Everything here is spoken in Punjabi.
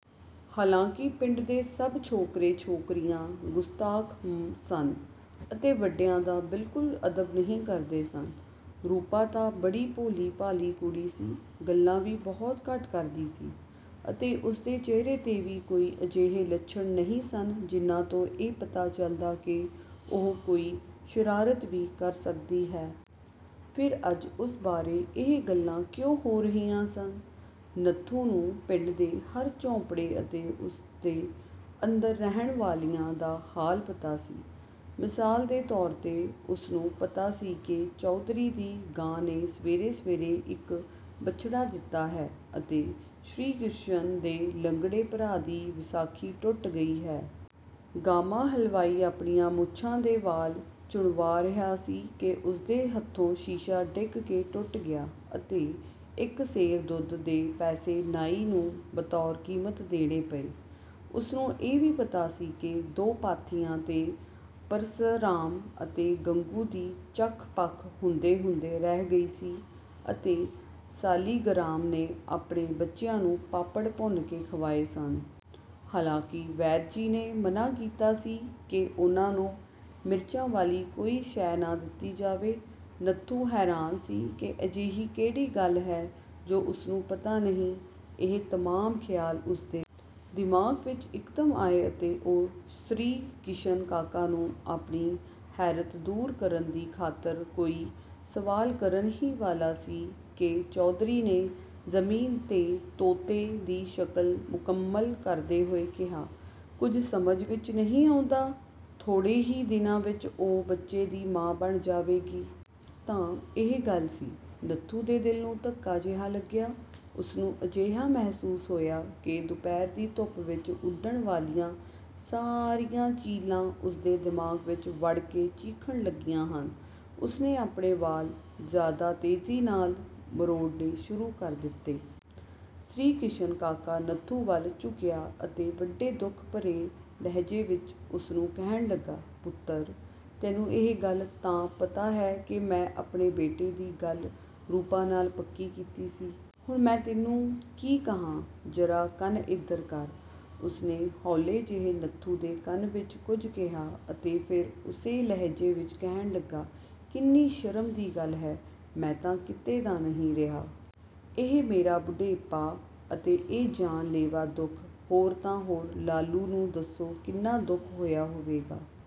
ਹਾਲਾਂਕਿ ਪਿੰਡ ਦੇ ਸਭ ਛੋਕਰੇ-ਛੋਕਰੀਆਂ ਗੁਸਤਾਖ਼ ਸਨ ਅਤੇ ਵੱਡਿਆਂ ਦਾ ਬਿਲਕੁਲ ਅਦਬ ਨਹੀਂ ਕਰਦੇ ਸਨ। ਰੂਪਾ ਤਾਂ ਬੜੀ ਭੋਲੀ-ਭਾਲੀ ਕੁੜੀ ਸੀ। ਗੱਲਾਂ ਵੀ ਬਹੁਤ ਘੱਟ ਕਰਦੀ ਸੀ ਅਤੇ ਉਸਦੇ ਚਿਹਰੇ 'ਤੇ ਵੀ ਕੋਈ ਅਜਿਹੇ ਲੱਛਣ ਨਹੀਂ ਸਨ ਜਿਨ੍ਹਾਂ ਤੋਂ ਇਹ ਪਤਾ ਚੱਲਦਾ ਕਿ ਉਹ ਕੋਈ ਸ਼ਰਾਰਤ ਵੀ ਕਰ ਸਕਦੀ ਹੈ। ਫਿਰ ਅੱਜ ਉਸ ਬਾਰੇ ਇਹ ਗੱਲਾਂ ਕਿਉਂ ਹੋ ਰਹੀਆਂ ਸਨ। ਨੱਥੂ ਨੂੰ ਪਿੰਡ ਦੇ ਹਰ ਝੋਂਪੜੇ ਅਤੇ ਉਸਦੇ ਅੰਦਰ ਰਹਿਣ ਵਾਲਿਆਂ ਦਾ ਹਾਲ ਪਤਾ ਸੀ। ਮਿਸਾਲ ਦੇ ਤੌਰ 'ਤੇ ਉਸਨੂੰ ਪਤਾ ਸੀ ਕਿ ਚੌਧਰੀ ਦੀ ਗਾਂ ਨੇ ਸਵੇਰੇ-ਸਵੇਰੇ ਇੱਕ ਬਛੜਾ ਦਿੱਤਾ ਹੈ ਅਤੇ ਸ੍ਰੀ ਕਿਸ਼ਨ ਦੇ ਲੰਗੜੇ ਭਰਾ ਦੀ ਵਿਸਾਖੀ ਟੁੱਟ ਗਈ ਹੈ। ਗਾਮਾ ਹਲਵਾਈ ਆਪਣੀਆਂ ਮੁੱਛਾਂ ਦੇ ਵਾਲ਼ ਚੁਣਵਾ ਰਿਹਾ ਸੀ ਕਿ ਉਸਦੇ ਹੱਥੋਂ ਸ਼ੀਸ਼ਾ ਡਿੱਗ ਕੇ ਟੁੱਟ ਗਿਆ ਅਤੇ ਇੱਕ ਸੇਰ ਦੁੱਧ ਦੇ ਪੈਸੇ ਨਾਈ ਨੂੰ ਬਤੌਰ ਕੀਮਤ ਦੇਣੇ ਪਏ। ਉਸਨੂੰ ਇਹ ਵੀ ਪਤਾ ਸੀ ਕਿ ਦੋ ਪਾਥੀਆਂ 'ਤੇ ਪਰਸਰਾਮ ਅਤੇ ਗੰਗੂ ਦੀ ਚਖ਼-ਪਖ਼ ਹੁੰਦੇ-ਹੁੰਦੇ ਰਹਿ ਗਈ ਸੀ ਅਤੇ ਸਾਲਿਗਰਾਮ ਨੇ ਆਪਣੇ ਬੱਚਿਆਂ ਨੂੰ ਪਾਪੜ ਭੁੰਨ ਕੇ ਖਵਾਏ ਸਨ। ਹਾਲਾਂਕਿ ਵੈਦ ਜੀ ਨੇ ਮਨ੍ਹਾ ਕੀਤਾ ਸੀ ਕਿ ਉਨ੍ਹਾਂ ਨੂੰ ਮਿਰਚਾਂ ਵਾਲੀ ਕੋਈ ਸ਼ੈ ਨਾ ਦਿੱਤੀ ਜਾਵੇ। ਨੱਥੂ ਹੈਰਾਨ ਸੀ ਕਿ ਅਜਿਹੀ ਕਿਹੜੀ ਗੱਲ ਹੈ ਜੋ ਉਸਨੂੰ ਪਤਾ ਨਹੀਂ। ਇਹ ਤਮਾਮ ਖਿਆਲ ਉਸਦੇ ਦਿਮਾਗ਼ ਵਿੱਚ ਇੱਕਦਮ ਆਏ ਅਤੇ ਉਹ ਸ੍ਰੀ ਕਿਸ਼ਨ ਕਾਕਾ ਨੂੰ ਆਪਣੀ ਹੈਰਤ ਦੂਰ ਕਰਨ ਦੀ ਖ਼ਾਤਰ ਕੋਈ ਸਵਾਲ ਕਰਨ ਹੀ ਵਾਲਾ ਸੀ ਕਿ ਚੌਧਰੀ ਨੇ ਜ਼ਮੀਨ 'ਤੇ ਤੋਤੇ ਦੀ ਸ਼ਕਲ ਮੁਕੰਮਲ ਕਰਦੇ ਹੋਏ ਕਿਹਾ, "ਕੁੱਝ ਸਮਝ ਵਿੱਚ ਨਹੀਂ ਆਉਂਦਾ ਥੋੜ੍ਹੇ ਹੀ ਦਿਨਾਂ ਵਿੱਚ ਉਹ ਬੱਚੇ ਦੀ ਮਾਂ ਬਣ ਜਾਵੇਗੀ।" ਤਾਂ ਇਹ ਗੱਲ ਸੀ। ਨੱਥੂ ਦੇ ਦਿਲ ਨੂੰ ਧੱਕਾ ਜਿਹਾ ਲੱਗਿਆ। ਉਸਨੂੰ ਅਜਿਹਾ ਮਹਿਸੂਸ ਹੋਇਆ ਕਿ ਦੁਪਹਿਰ ਦੀ ਧੁੱਪ ਵਿੱਚ ਉੱਡਣ ਵਾਲੀਆਂ ਸਾਰੀਆਂ ਚੀਲਾਂ ਉਸਦੇ ਦਿਮਾਗ਼ ਵਿੱਚ ਵੜ ਕੇ ਚੀਖ਼ਣ ਲੱਗੀਆਂ ਹਨ। ਉਸਨੇ ਆਪਣੇ ਵਾਲ਼ ਜ਼ਿਆਦਾ ਤੇਜ਼ੀ ਨਾਲ ਮਰੋੜਨੇ ਸ਼ੁਰੂ ਕਰ ਦਿੱਤੇ। ਸ੍ਰੀ ਕਿਸ਼ਨ ਕਾਕਾ, ਨੱਥੂ ਵੱਲ ਝੁੱਕਿਆ ਅਤੇ ਵੱਡੇ ਦੁੱਖ ਭਰੇ ਲਹਿਜੇ ਵਿੱਚ ਉਸਨੂੰ ਕਹਿਣ ਲੱਗਾ, "ਪੁੱਤਰ ਤੈਨੂੰ ਇਹ ਗੱਲ ਤਾਂ ਪਤਾ ਹੈ ਕਿ ਮੈਂ ਆਪਣੇ ਬੇਟੇ ਦੀ ਗੱਲ ਰੂਪਾ ਨਾਲ ਪੱਕੀ ਕੀਤੀ ਸੀ। ਹੁਣ ਮੈਂ ਤੈਨੂੰ ਕੀ ਕਹਾਂ ਜਰਾ ਕੰਨ ਏਧਰ ਕਰ।" ਉਸਨੇ ਹੌਲੇ ਜਿਹੇ ਨੱਥੂ ਦੇ ਕੰਨ ਵਿੱਚ ਕੁੱਝ ਕਿਹਾ ਅਤੇ ਫਿਰ ਉਸੇ ਲਹਿਜੇ ਵਿੱਚ ਕਹਿਣ ਲੱਗਾ, "ਕਿੰਨੀ ਸ਼ਰਮ ਦੀ ਗੱਲ ਹੈ। ਮੈਂ ਤਾਂ ਕਿਤੇ ਦਾ ਨਹੀਂ ਰਿਹਾ। ਇਹ ਮੇਰਾ ਬੁਢੇਪਾ ਅਤੇ ਇਹ ਜਾਨ-ਲੇਵਾ ਦੁੱਖ, ਹੋਰ ਤਾਂ ਹੋਰ ਲਾਲੂ ਨੂੰ ਦੱਸੋ ਕਿੰਨਾ ਦੁੱਖ ਹੋਇਆ ਹੋਵੇਗਾ"